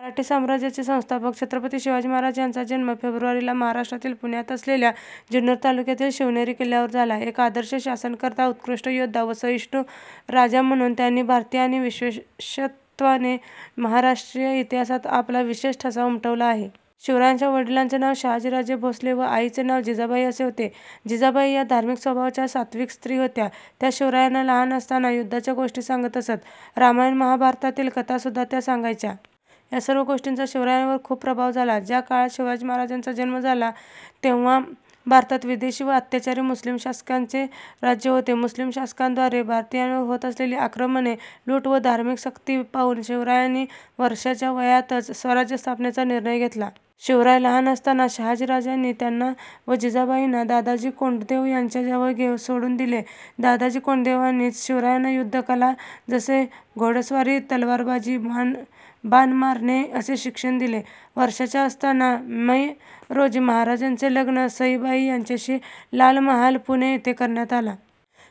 मराठी साम्राज्याचे संस्थापक छत्रपती शिवाजी महाराज यांचा जन्म फेब्रुवारी ला महाराष्ट्रातील पुण्यात असलेल्या जुन्नर तालुक्यातील शिवनेरी किल्ल्यावर झाला. एक आदर्श शासनकर्ता, उत्कृष्ट योद्धा व सहिष्णू राजा म्हणून त्यांनी भारतीय आणि विशेषत्वाने महाराष्ट्रीय इतिहासात आपला विशेष ठसा उमटवला आहे. शिवरायांच्या वडिलांचे नाव शहाजी राजे भोसले व आईचे नाव जिजाबाई असे होते. जिजाबाई या धार्मिक स्वभावाच्या सात्विक स्त्री होत्या, त्या शिवरायांना लहान असताना युद्धाच्या गोष्टी सांगत असत. रामायण महाभारतातील कथा सुद्धा त्या सांगायच्या. या सर्व गोष्टींचा शिवरायांवर खूप प्रभाव झाला. ज्या काळात शिवाजी महाराजांचा जन्म झाला तेव्हा भारतात विदेशी व अत्याचारी मुस्लिम शासकांचे राज्य होते. मुस्लीम शासकांद्वारे भारतीयांवर होत असलेली आक्रमणे, लूट व धार्मिक सक्ती पाहून शिवरायांनी वर्षाच्या वयातच स्वराज्य स्थापनेचा निर्णय घेतला. शिवराय लहान असताना शहाजी राजांनी त्यांना व जिजाबाईंना दादाजी कोंडदेव यांच्या जवळ सोडून दिले. दादाजी कोंडदेवानीच शिवरायांना युद्ध कला, जसे घोडस्वरी, तलवारबाजी, बान मारणे असे शिक्षण दिले. वर्षाच्या असताना मै रोजी महाराजांचे लग्न सईबाई यांच्याशी लाल महल पुणे येथे करण्यात आला.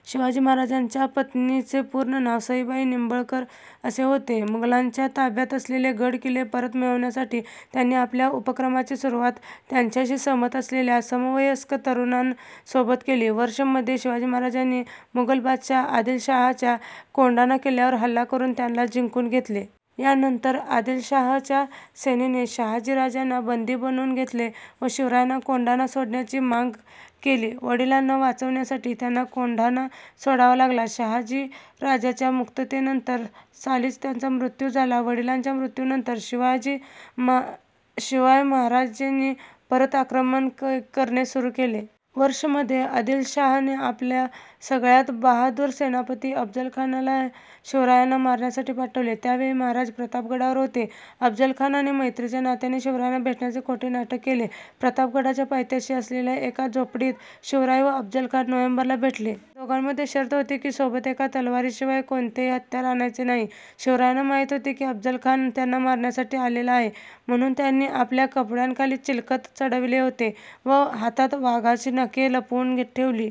शिवाजी महाराज्यांच्या पत्नीचे चे पूर्ण नाव सईबाई निबळकर असे होते. मुघलांच्या ताब्यात असलेले गड किल्ले परत मिळवण्यासाठी त्यांनी आपल्या उपक्रमाची सुरुवात, त्यांच्याशी सहमत असलेल्या समवयस्क तरुणान सोबत केली. वर्ष मध्ये शिवाजी महाराजांनी मुघल बादशाह आदिलशाहच्या कोंढाणा किल्यावर हल्ला करून त्याला जिंकून घेतले. या नंतर आदिलशाह च्या सेनेने शहाजी राजांना बंदी बनून घेतले व शिवरायांना कोंढाणा सोडण्याची मांग केली. वडिलांना वाचवण्यासाठी त्यांना कोंढाणा सोडावा लागला. शाहजी राजाच्या मुक्ततेनंतर सालीच त्यांचा मृत्यू झाला. वडिलांच्या मृत्यूनंतर शिवाय महाराजांनी परत आक्रमण करणे सुरू केले. वर्ष मध्ये आदिलशाह ने आपला सगळ्यात बहादुर सेनापती अफजलखानाला शिवरायांना मारण्यासाठी पाठवले. त्या वेळी महाराज प्रतापगडावर होते. अफजलखानाने मैत्रीच्या नात्याने शिवरायांना भेटण्याचे खोटे नाटक केले. प्रतापगडाच्या पायथ्याशी असलेल्या एका झोपडीत शिवराय व अफजलखान नोव्हेंबर ला भेटले. दोघांमध्ये शर्त होती की सोबत एका तलवारी शिवाय कोणतेही हत्यार आणायचे नाही. शिवरायांना माहीत होते की अफजलखान त्यांना मारण्यासाठी आलेला आहे म्हणून त्यांनी आपल्या कपड्यांखाली चिलखत चढविले होते व हातात वाघाची नखे लपवून ठेवली.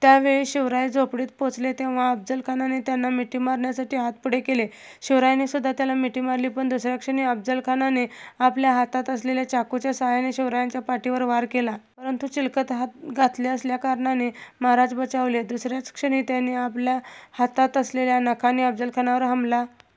ज्या वेळी शिवराय झोपडीत पोहचले तेव्हा अफजल खानाने त्यांना मिठी मारण्यासाठी हाथ पुढे केले, शिवरायांनी सुद्धा त्याला मिठी मारली पण दुसऱ्याच क्षणी अफजल खानाने आपल्या हातात असलेल्या चाकूच्या सहायाने शिवरायांच्या पाठीवर वार केला. परंतु चिलखत घातले असल्याकारणाने महाराज बचावले. दुसऱ्याच क्षणी त्यांनी आपल्या हातात असलेल्या नखांनी अफजलखानावर हमला